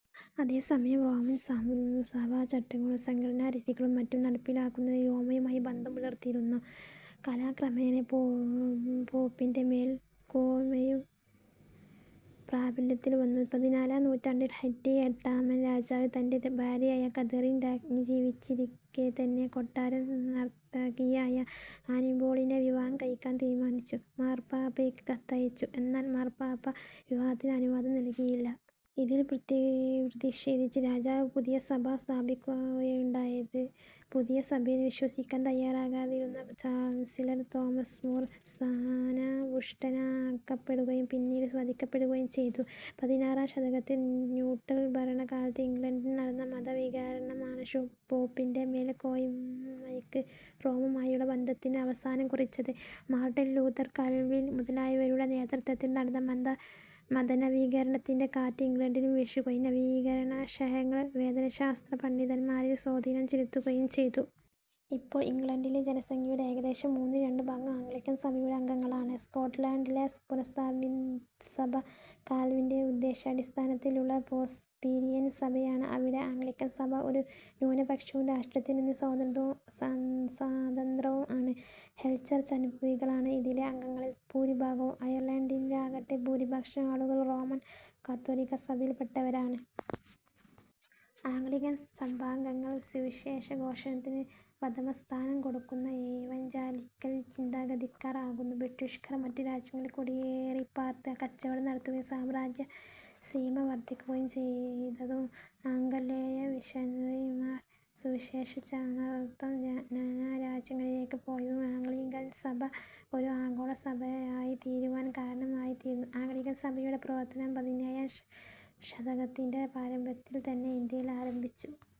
അതേസമയം റോമൻ സഭാചട്ടങ്ങളും സംഘടനാരീതികളും മറ്റും നടപ്പിലാക്കുന്നതിൽ റോമുമായി ബന്ധം പുലർത്തിയിരുന്നു. കാലക്രമേണ പോപ്പിന്റെ മേൽക്കോയ്മയും പ്രാബല്യത്തിൽവന്നു. പതിനാലാം നൂറ്റാണ്ടിൽ ഹെന്റി എട്ടാമൻ രാജാവ്, തന്റെ ഭാര്യയായ കാതറിൻ രാജ്ഞി ജീവിച്ചിരിക്കെതന്നെ കൊട്ടാരം നർത്തകിയായ അനിബോളിനെ വിവാഹം കഴിക്കാൻ തീരുമാനിച്ച് മാർപാപ്പയ്ക്ക് കത്തയച്ചു. എന്നാൽ മാർപാപ്പ വിവാഹത്തിന് അനുവാദം നല്കിയില്ല. ഇതിൽ പ്രതിക്ഷേധിച്ച് രാജാവ് പുതിയ സഭ സ്ഥാപിക്കുകയാണുണ്ടായത്. പുതിയ സഭയിൽ വിശ്വസിക്കാൻ തയ്യാറാകാതിരുന്ന ചാൻസിലർ തോമസ് മൂർ സ്ഥാനഭൃഷ്ടനാക്കപ്പെടുകയും പിന്നീട് വധിക്കപ്പെടുകയും ചെയ്തു. പതിനാറാം ശതകത്തിൽ റ്റ്യൂഡർ ഭരണകാലത്ത് ഇംഗ്ലണ്ടിൽ നടന്ന മതനവീകരണമാണ് പോപ്പിന്റെ മേൽക്കോയ്മയ്ക്കും റോമുമായുള്ള ബന്ധത്തിനും അവസാനം കുറിച്ചത്. മാർട്ടിൻ ലൂഥർ, കാൽവിൻ, മുതലയാവരുടെ നേതൃത്വത്തിൽ നടന്ന മതനവീകരണത്തിന്റെ കാറ്റ് ഇംഗ്ലണ്ടിലും വീശുകയും നവീകരണാശയങ്ങൾ വേദശാസ്ത്ര പണ്ഡിതൻമാരിൽ സ്വാധീനം ചെലുത്തുകയും ചെയ്തു. ഇപ്പോൾ ഇംഗ്ളണ്ടിലെ ജനസംഖ്യയുടെ ഏകദേശം മൂന്നിൽ രണ്ടുഭാഗം ആംഗ്ലിക്കൻ സഭയുടെ അംഗങ്ങളാണ്. സ്കോട്ട്ലൻഡിലെ സുസ്ഥാപിതസഭ കാൽവിന്റെ ഉപദേശാടിസ്ഥാനത്തിലുള്ള പ്രെസ്ബിറ്റീരിയൻ സഭയാണ്. അവിടെ ആംഗ്ളിക്കൻ സഭ ഒരു ന്യൂനപക്ഷവും രാഷ്ട്രത്തിൽനിന്നു സ്വതന്ത്രവും ആണ്. ഹൈചർച്ച് അനുഭാവികളാണ് ഇതിലെ അംഗങ്ങളിൽ ഭൂരിഭാഗവും. അയർലൻഡിലാകട്ടെ, ഭൂരിപക്ഷം ആളുകൾ റോമൻ കത്തോലിക്കാസഭയിൽപ്പെട്ടവരാണ്. ആംഗ്ലിക്കൻ സഭാംഗങ്ങൾ സുവിശേഷഘോഷണത്തിനു പ്രഥമസ്ഥാനം കൊടുക്കുന്ന ഇവാൻജലിക്കൽ ചിന്താഗതിക്കാർ ആകുന്നു. ബ്രിട്ടീഷുകാർ മറ്റു രാജ്യങ്ങളിൽ കുടിയേറിപ്പാർത്ത് കച്ചവടം നടത്തുകയും സാമ്രാജ്യസീമ വർധിപ്പിക്കുകയും ചെയ്തതും ആംഗലേയ മിഷനറിമാർ സുവിശേഷപ്രചരണാർഥം നാനാരാജ്യങ്ങളിലേക്കു പോയതും ആംഗ്ലിക്കൻസഭ ഒരു ആഗോളസഭയായിത്തീരുവാൻ കാരണമായിത്തീർന്നു. ആംഗ്ലിക്കൻസഭയുടെ പ്രവർത്തനം പതിനേഴാം ശതകത്തിന്റെ പ്രാരംഭത്തിൽത്തന്നെ ഇന്ത്യയിൽ ആരംഭിച്ചു.